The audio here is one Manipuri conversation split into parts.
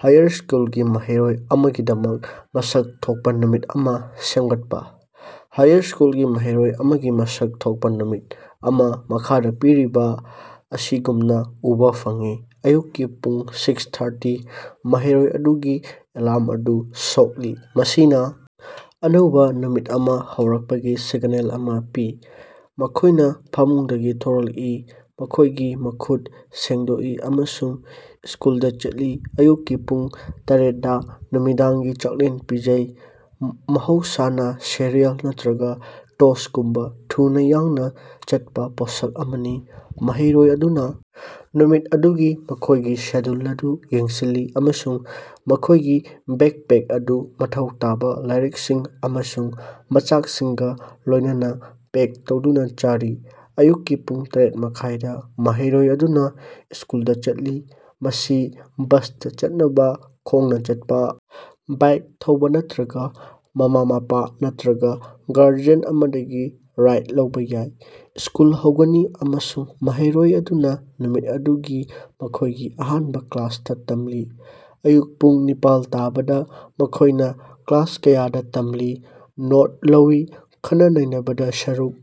ꯍꯥꯌꯔ ꯁ꯭ꯀꯨꯜꯒꯤ ꯃꯍꯩꯔꯣꯢ ꯑꯃꯒꯤꯗꯃꯛ ꯃꯁꯛ ꯊꯣꯛꯄ ꯅꯨꯃꯤꯠ ꯑꯃ ꯁꯦꯝꯒꯠꯄ ꯫ ꯍꯥꯌꯔ ꯁ꯭ꯀꯨꯜꯒꯤ ꯃꯍꯩꯔꯣꯢ ꯑꯃꯒꯤ ꯃꯁꯛ ꯊꯣꯛꯄ ꯅꯨꯃꯤꯠ ꯑꯃ ꯃꯈꯥꯗ ꯄꯤꯔꯤꯕ ꯑꯁꯤꯒꯨꯝꯅ ꯎꯕ ꯐꯪꯏ: ꯑꯌꯨꯛꯀꯤ ꯄꯨꯡ ꯁꯤꯛꯁ ꯊꯥꯔꯇꯤ ꯃꯍꯩꯔꯣꯢ ꯑꯗꯨꯒꯤ ꯑꯦꯂꯥꯔꯝ ꯑꯗꯨ ꯁꯣꯛꯂꯤ, ꯃꯁꯤꯅ ꯑꯅꯧꯕ ꯅꯨꯃꯤꯠ ꯑꯃ ꯍꯧꯔꯛꯄꯒꯤ ꯁꯤꯒꯅꯦꯜ ꯑꯃ ꯄꯤ꯫ ꯃꯈꯣꯌꯅ ꯐꯃꯨꯡꯗꯒꯤ ꯊꯣꯔꯛꯏ, ꯃꯈꯣꯌꯒꯤ ꯃꯈꯨꯠ ꯁꯦꯡꯗꯣꯛꯏ ꯑꯃꯁꯨꯡ ꯁ꯭ꯀꯨꯜꯗ ꯆꯠꯂꯤ꯫ ꯑꯌꯨꯛꯀꯤ ꯄꯨꯡ ꯇꯔꯦꯠꯗꯥ ꯅꯨꯃꯤꯗꯥꯡꯒꯤ ꯆꯥꯛꯂꯦꯟ ꯄꯤꯖꯩ, ꯃꯍꯧꯁꯥꯅ ꯁꯤꯔꯤꯑꯦꯜ ꯅꯠꯇ꯭ꯔꯒ ꯇꯣꯁ꯭ꯇꯒꯨꯝꯕ ꯊꯨꯅꯥ ꯌꯥꯡꯅ ꯆꯠꯄꯥ ꯄꯣꯠꯁꯛ ꯑꯃꯅꯤ꯫ ꯃꯍꯩꯔꯣꯏ ꯑꯗꯨꯅ ꯅꯨꯃꯤꯠ ꯑꯗꯨꯒꯤ ꯃꯈꯣꯌꯒꯤ ꯁꯦꯗ꯭ꯌꯨꯜ ꯑꯗꯨ ꯌꯦꯡꯁꯤꯜꯂꯤ ꯑꯃꯁꯨꯡ ꯃꯈꯣꯌꯒꯤ ꯕꯦꯀꯄꯦꯛ ꯑꯗꯨ ꯃꯊꯧ ꯇꯥꯕ ꯂꯥꯏꯔꯤꯀꯛꯁꯤꯡ ꯑꯃꯁꯨꯡ ꯃꯆꯥꯛꯁꯤꯡꯒ ꯂꯣꯌꯅꯅ ꯄꯦꯛ ꯇꯧꯗꯨꯅ ꯆꯥꯔꯤ꯫ ꯑꯌꯨꯛꯀꯤ ꯄꯨꯡ ꯇꯔꯦꯠ ꯃꯈꯥꯢ ꯗꯥ: ꯃꯍꯩꯔꯣꯏ ꯑꯗꯨꯅ ꯁ꯭ꯀꯨꯜꯗ ꯆꯠꯂꯤ, ꯃꯁꯤ ꯕꯁꯇ ꯆꯠꯅꯕꯥ, ꯈꯣꯡꯅ ꯆꯠꯄ, ꯕꯥꯏꯛ ꯊꯧꯕ ꯅꯠꯇ꯭ꯔꯒ ꯃꯃꯥ-ꯃꯄꯥ ꯅꯠꯇ꯭ꯔꯒꯥ ꯒꯥꯔꯖꯤꯌꯥꯟ ꯑꯃꯗꯒꯤ ꯔꯥꯏꯗ ꯂꯧꯕ ꯌꯥꯏ꯫ ꯁ꯭ꯀꯨꯜ ꯍꯧꯒꯅꯤ, ꯑꯃꯁꯨꯡ ꯃꯍꯩꯔꯣꯌ ꯑꯗꯨꯅꯥ ꯅꯨꯃꯤꯠ ꯑꯗꯨꯒꯤ ꯃꯈꯣꯌꯒꯤ ꯑꯍꯥꯟꯕ ꯀ꯭ꯂꯥꯁꯇ ꯇꯝꯂꯤ꯫ ꯑꯌꯨꯛ ꯄꯨꯡ ꯅꯤꯄꯥꯜ ꯇꯥꯕꯗ ꯃꯈꯣꯌꯅ ꯀ꯭ꯂꯥꯁ ꯀꯌꯥꯗ ꯇꯝꯂꯤ, ꯅꯣꯠ ꯂꯧꯏ, ꯈꯟꯅ-ꯅꯩꯅꯕꯗ ꯁꯔꯨꯛ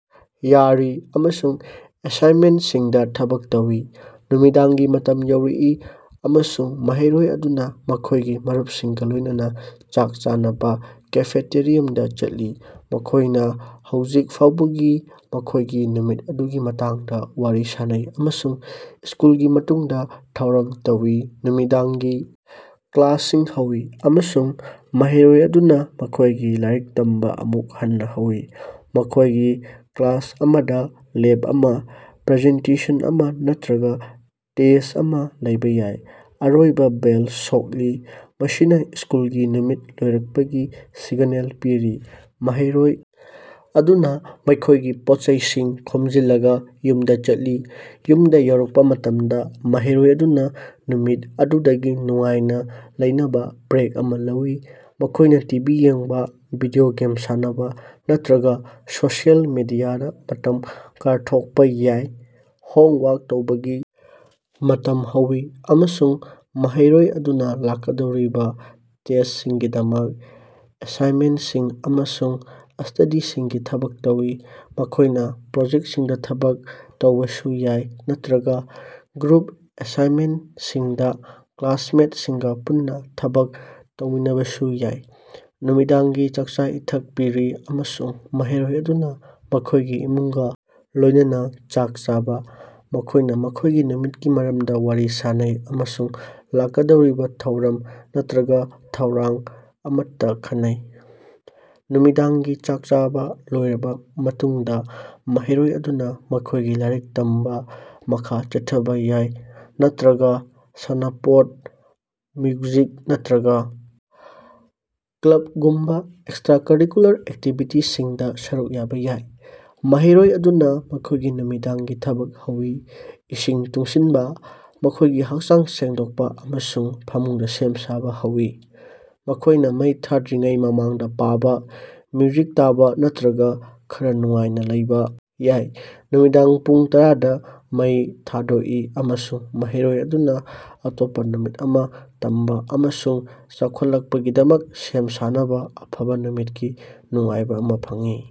ꯌꯥꯔꯤ ꯑꯃꯁꯨꯡ ꯑꯦꯁꯥꯏꯟꯃꯦꯟꯇꯁꯤꯡꯗ ꯊꯕꯛ ꯇꯧꯏ꯫ ꯅꯨꯃꯤꯗꯥꯡꯒꯤ ꯃꯇꯝ ꯌꯧꯔꯛꯏ, ꯑꯃꯁꯨꯡ ꯃꯍꯩꯔꯣꯏ ꯑꯗꯨꯅ ꯃꯈꯣꯌꯒꯤ ꯃꯔꯨꯞꯁꯤꯡꯒ ꯂꯣꯌꯅꯅꯥ ꯆꯥꯛ ꯆꯥꯅꯕ ꯀꯦꯐꯦꯇꯦꯔꯤꯌꯝꯗ ꯆꯠꯂꯤ꯫ ꯃꯈꯣꯌꯅ ꯍꯧꯖꯤꯛ ꯐꯥꯑꯣꯕꯒꯤ ꯃꯈꯣꯌꯒꯤ ꯅꯨꯃꯤꯠ ꯑꯗꯨꯒꯤ ꯃꯇꯥꯡꯗ ꯋꯥꯔꯤ ꯁꯥꯅꯩ ꯑꯃꯁꯨꯡ ꯁ꯭ꯀꯨꯜꯒꯤ ꯃꯇꯨꯡꯗ ꯊꯧꯔꯥꯡ ꯇꯧꯏ꯫ ꯅꯨꯃꯤꯗꯥꯡꯒꯤ ꯀ꯭ꯂꯥꯁꯁꯤꯡ ꯍꯧꯏ, ꯑꯃꯁꯨꯡ ꯃꯍꯩꯔꯣꯏ ꯑꯗꯨꯅ ꯃꯈꯣꯌꯒꯤ ꯂꯥꯏꯔꯤꯛ ꯇꯝꯕ ꯑꯃꯨꯛ ꯍꯟꯅ ꯍꯧꯏ꯫ ꯃꯈꯣꯌꯒꯤ ꯀ꯭ꯂꯥꯁ ꯑꯃꯗ ꯂꯦꯕ ꯑꯃ, ꯄ꯭ꯔꯖꯦꯟꯇꯦꯁꯟ ꯑꯃ ꯅꯠꯇ꯭ꯔꯒꯥ ꯇꯦꯁ꯭ꯠ ꯑꯃ ꯂꯩꯕ ꯌꯥꯏ꯫ ꯑꯔꯣꯏꯕ ꯕꯦꯜ ꯁꯣꯛꯂꯤ, ꯃꯁꯤꯅ ꯁ꯭ꯀꯨꯜꯒꯤ ꯅꯨꯃꯤꯠ ꯂꯣꯏꯔꯛꯄꯒꯤ ꯁꯤꯒꯅꯦꯜ ꯄꯤꯔꯤ꯫ ꯃꯍꯩꯔꯣꯌ ꯑꯗꯨꯅ ꯃꯈꯣꯌꯒꯤ ꯄꯣꯠꯆꯩꯁꯤꯡ ꯈꯣꯝꯖꯤꯜꯂꯒ ꯌꯨꯝꯗ ꯆꯠꯂꯤ꯫ ꯌꯨꯝꯗ ꯌꯧꯔꯛꯄ ꯃꯇꯝꯗ ꯃꯍꯩꯔꯣꯏ ꯑꯗꯨꯅ ꯅꯨꯃꯤꯠ ꯑꯗꯨꯗꯒꯤ ꯅꯨꯡꯉꯥꯏꯅ ꯂꯩꯅꯕ ꯕ꯭ꯔꯦꯛ ꯑꯃ ꯂꯧꯏ꯫ ꯃꯈꯣꯌꯅ ꯇꯤꯚꯤ ꯌꯦꯡꯕ, ꯚꯤꯗꯤꯑꯣ ꯒꯦꯝ ꯁꯥꯟꯅꯕꯥ ꯅꯠꯇ꯭ꯔꯒ ꯁꯣꯁꯤꯌꯦꯜ ꯃꯤꯗꯤꯌꯥꯗ ꯃꯇꯝ ꯀꯥꯌꯊꯣꯜꯄ ꯌꯥꯏ꯫ ꯍꯣꯝ ꯋꯥꯔꯛ ꯇꯧꯕꯒꯤ ꯃꯇꯝ ꯍꯧꯏ, ꯑꯃꯁꯨꯡ ꯃꯍꯩꯔꯣꯏ ꯑꯗꯨꯅ ꯂꯥꯛꯀꯗꯧꯔꯤꯕ ꯇꯦꯁ꯭ꯇꯁꯤꯡꯒꯤꯗꯃꯛ ꯑꯦꯁꯥꯏꯟꯃꯦꯟꯇꯁꯤꯡ ꯑꯃꯁꯨꯡ ꯁ꯭ꯇꯗꯤꯁꯤꯡꯒꯤ ꯊꯕꯛ ꯇꯧꯏ꯫ ꯃꯈꯣꯌꯅ ꯄ꯭ꯔꯣꯖꯦꯛꯇꯁꯤꯡꯗ ꯊꯕꯛ ꯇꯧꯕꯁꯨ ꯌꯥꯏ ꯅꯠꯇ꯭ꯔꯒꯥ ꯒ꯭ꯔꯨꯞ ꯑꯦꯁꯥꯏꯟꯃꯦꯟꯇꯁꯤꯡꯗ ꯀ꯭ꯂꯥꯁꯃꯦꯠꯁꯤꯡꯒ ꯄꯨꯟꯅ ꯊꯕꯛ ꯇꯧꯃꯤꯟꯅꯕꯁꯨ ꯌꯥꯏ꯫ ꯅꯨꯃꯤꯗꯥꯡꯒꯤ ꯆꯥꯛꯆꯥ-ꯏꯊꯛ ꯄꯤꯔꯤ, ꯑꯃꯁꯨꯡ ꯃꯍꯩꯔꯣꯏ ꯑꯗꯨꯅ ꯃꯈꯣꯌꯒꯤ ꯏꯃꯨꯡꯒ ꯂꯣꯌꯅꯅꯥ ꯆꯥꯛ ꯆꯥꯕ꯫ ꯃꯈꯣꯌꯅ ꯃꯈꯣꯌꯒꯤ ꯅꯨꯃꯤꯠꯀꯤ ꯃꯔꯝꯗ ꯋꯥꯔꯤ ꯁꯥꯅꯩ, ꯑꯃꯁꯨꯡ ꯂꯥꯛꯀꯗꯧꯔꯤꯕ ꯊꯧꯔꯝ ꯅꯠꯇ꯭ꯔꯒ ꯊꯧꯔꯥꯡ ꯑꯃꯠꯇ ꯈꯟꯅꯩ꯫ ꯅꯨꯃꯤꯗꯥꯡꯒꯤ ꯆꯥꯛ ꯆꯥꯕ ꯂꯣꯏꯔꯕ ꯃꯇꯨꯡꯗ ꯃꯍꯩꯔꯣꯌ ꯑꯗꯨꯅ ꯃꯈꯣꯌꯒꯤ ꯂꯥꯏꯔꯤꯛ ꯇꯝꯕ ꯃꯈꯥ ꯆꯠꯊꯕ ꯌꯥꯏ, ꯅꯠꯇ꯭ꯔꯒꯥ ꯁꯥꯟꯅꯄꯣꯠ, ꯃ꯭ꯌꯨꯖꯤꯛ ꯅꯠꯇ꯭ꯔꯒꯥ ꯀ꯭ꯂꯕꯒꯨꯝꯕ ꯑꯦꯛꯁꯇ꯭ꯔꯥꯀꯔꯤꯀꯨꯂꯔ ꯑꯦꯛꯇꯤꯕꯤꯇꯤꯁꯤꯡꯗ ꯁꯔꯨꯛ ꯌꯥꯕ ꯌꯥꯏ꯫ ꯃꯍꯩꯔꯣꯌ ꯑꯗꯨꯅ ꯃꯈꯣꯌꯒꯤ ꯅꯨꯃꯤꯗꯥꯡꯒꯤ ꯊꯕꯛ ꯍꯧꯏ, ꯏꯁꯤꯡ ꯇꯨꯡꯁꯤꯟꯕ, ꯃꯈꯣꯌꯒꯤ ꯍꯥꯛꯆꯥꯡ ꯁꯦꯡꯗꯣꯛꯄ ꯑꯃꯁꯨꯡ ꯐꯃꯨꯡꯗ ꯁꯦꯝ ꯁꯥꯕ ꯍꯧꯏ꯫ ꯃꯈꯣꯌꯅ ꯃꯩ ꯊꯥꯗ꯭ꯔꯤꯉꯩ ꯃꯃꯥꯡꯗ ꯄꯥꯕ, ꯃ꯭ꯌꯨꯖꯤꯛ ꯇꯥꯕ ꯅꯠꯇ꯭ꯔꯒ ꯈꯔꯥ ꯅꯨꯡꯉꯥꯏꯅ ꯂꯩꯕ ꯌꯥꯏ꯫ ꯅꯨꯃꯤꯗꯥꯡ ꯄꯨꯡ ꯇꯔꯥꯗꯥ ꯃꯩ ꯊꯥꯗꯣꯛꯏ, ꯑꯃꯁꯨꯡ ꯃꯍꯩꯔꯣꯌ ꯑꯗꯨꯅ ꯑꯇꯣꯞꯄ ꯅꯨꯃꯤꯠ ꯑꯃ ꯇꯝꯕ ꯑꯃꯁꯨꯡ ꯆꯥꯎꯈꯠꯂꯛꯄꯒꯤꯗꯃꯛ ꯁꯦꯝ ꯁꯥꯅꯕ ꯑꯐꯕ ꯅꯨꯃꯤꯠꯀꯤ ꯅꯨꯡꯉꯥꯏꯕ ꯑꯃ ꯐꯪꯏ꯫